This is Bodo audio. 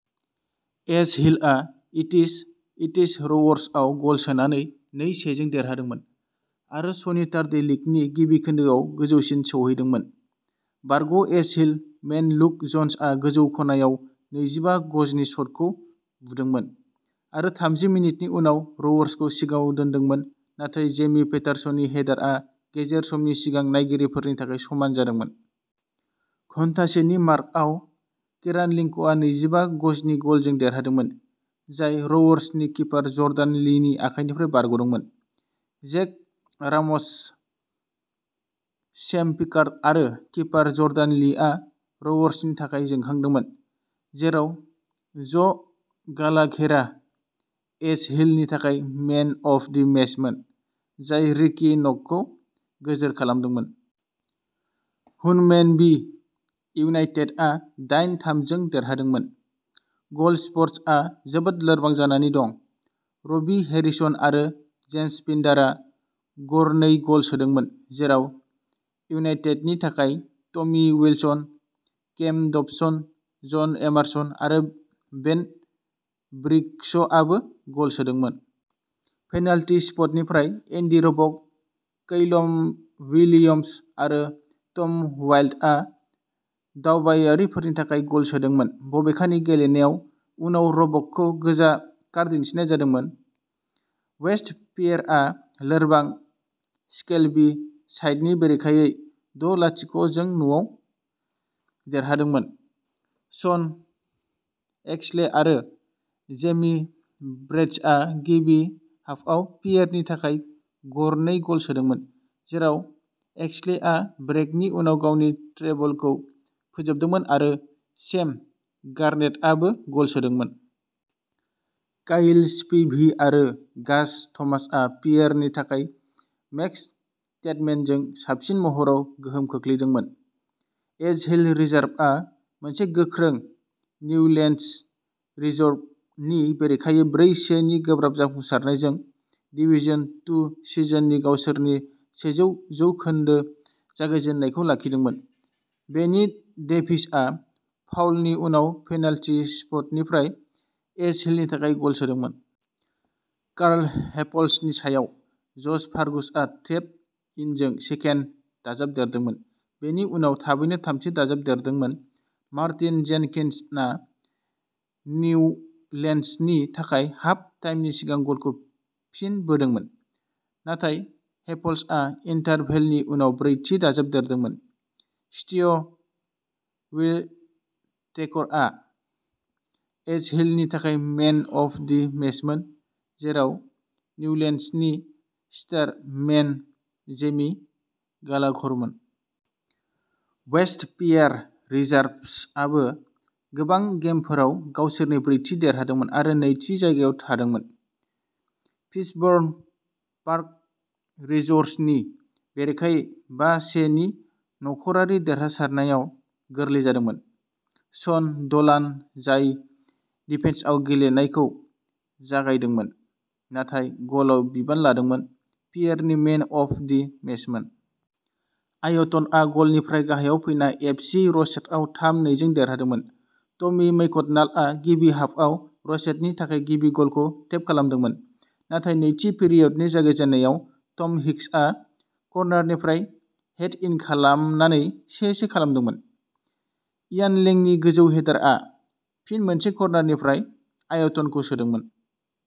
एजहिलआ इटिस इटिस र'वर्सआव गल सोनानै नै-से जों देरहादोंमोन आरो सनिटारडे लिगनि गिबि खोन्दोआव गोजौसिम सौहैदोंमोन। बारग' एजहिल मेन लुक जन्सआ गोजौ खनायाव नैजिबा गजनि शटखौ बुदोंमोन आरो थामजि मिनिटनि उनाव र'वर्सखौ सिगाङाव दोनदोंमोन नाथाय जेमि पेटारसननि हेडारआ गेजेर समनि सिगां नायगिरिफोरनि थाखाय समान जादोंमोन। घन्टासेनि मार्कआव किरान लिंकआ नैजिबा गजनि गलजों देरहादोंमोन जाय र'वर्सनि किपार जर्डान लीनि आखायनिफ्राय बारग'दोंमोन। जेक राम'स, सेम पिकार्ड आरो किपार जर्डान लीआ र'वर्सनि थाखाय जोंखांदोंमोन, जेराव ज'गालाघेरा एजहिलनि थाखाय मेन अफ दि मेचमोन, जाय रिकी नकखौ गोजोर खालामदोंमोन। हुनमेनबी इउनाइटेडआ दाइन-थाम जों देरहादोंमोन। गल स्पर्टसआ जोबोद लोरबां जानानै दं। रबि हेरिसन आरो जेम्स पिन्डारा गरनै गल सोदोंमोन, जेराव इउनाइटेडनि थाखाय Tommy Wilson, Cam Dobson, John Emerson आरो बेन ब्रिग्सआबो गल सोदोंमोन। पेनाल्टी स्पटनिफ्राय एन्डी र'बक, कैलम विलियम्स आरो टम वाइल्डआ दावबायारिफोरनि थाखाय गल सोदोंमोन, बबेखानि गेलेनायाव उनाव र'बकखौ गोजा कार्ड दिन्थिनाय जादोंमोन। वेस्ट पियेरआ लोरबां स्केल्बी साइडनि बेरेखायै द'-लाथिख' जों न'आव देरहादोंमोन। शन एक्सले आरो जेमी ब्रेडश'आ गिबि हाफआव पियेरनि थाखाय गरनै गल सोदोंमोन, जेराव एक्सलेआ ब्रेकनि उनाव गावनि ट्रेबलखौ फोजोबदोंमोन आरो सेम गार्नेटआबो गल सोदोंमोन। काइल स्पिभि आरो गाज थमासआ पियेरनि थाखाय मेक्स टेडमेनजों साबसिन महराव गोहोम खोख्लैदोंमोन। एजहिल रिजार्भआ मोनसे गोख्रों निउलेन्डस रिजर्वनि बेरेखायै ब्रै-से नि गोब्राब जाफुंसारनायजों डिवीजन टू सिजननि गावसोरनि सेजौ जौखोनदो जागायजेन्नायखौ लाखिदोंमोन। बेनि डेभिसआ फाउलनि उनाव पेनाल्टी स्पटनिफ्राय एजहिलनि थाखाय गल सोदोंमोन। कार्ल हेपल्सनि सायाव, जश फार्गुसआ टेप इनजों सेकेन्ड दाजाबदेरदोंमोन, बेनि उनाव थाबैनो थामथि दाजाबदेरदोंमोन। मार्टिन जेनकिन्सना निउलेन्डसनि थाखाय हाफ टाइमनि सिगां गलखौ फिन बोदोंमोन, नाथाय हेपल्सआ इन्टारभेलनि उनाव ब्रैथि दाजाबदेरदोंमोन। स्टीव व्हिटेकरआ एजहिलनि थाखाय मेन अफ दि मेचमोन, जेराव न्यूलैंड्सनि स्टार मेन जेमी गालाघरमोन। वेस्ट पियेर रिजार्भ्सआबो गोबां गेमफोराव गावसोरनि ब्रैथि देरहादोंमोन आरो नैथि जायगायाव थादोंमोन, फिशबर्न पार्क रिजर्व्सनि बेरेखायै बा-से नि न'खरारि देरहासारनायाव गोरलै जादोंमोन। शन ड'लान, जाय डिफेन्सआव गेलेनायखौ जागायदोंमोन नाथाय गलआव बिबान लादोंमोन, पियेरनि मेन अफ दि मेचमोन। आयटनआ गलनिफ्राय गाहायाव फैना एफसि र'सेटआव थाम-नै जों देरहादोंमोन। टमी मैकड'नाल्डआ गिबि हाफआव र'सेटनि थाखाय गिबि गलखौ टेप खालामदोंमोन, नाथाय नैथि पिरियडनि जागायजेन्नायाव टम हिक्सआ कर्नारनिफ्राय हेद इन खालामनानै से-से खालामदोंमोन। इयान लेंनि गोजौ हेडारआ, फिन मोनसे कर्नारनिफ्राय, आयटनखौ सोदोंमोन।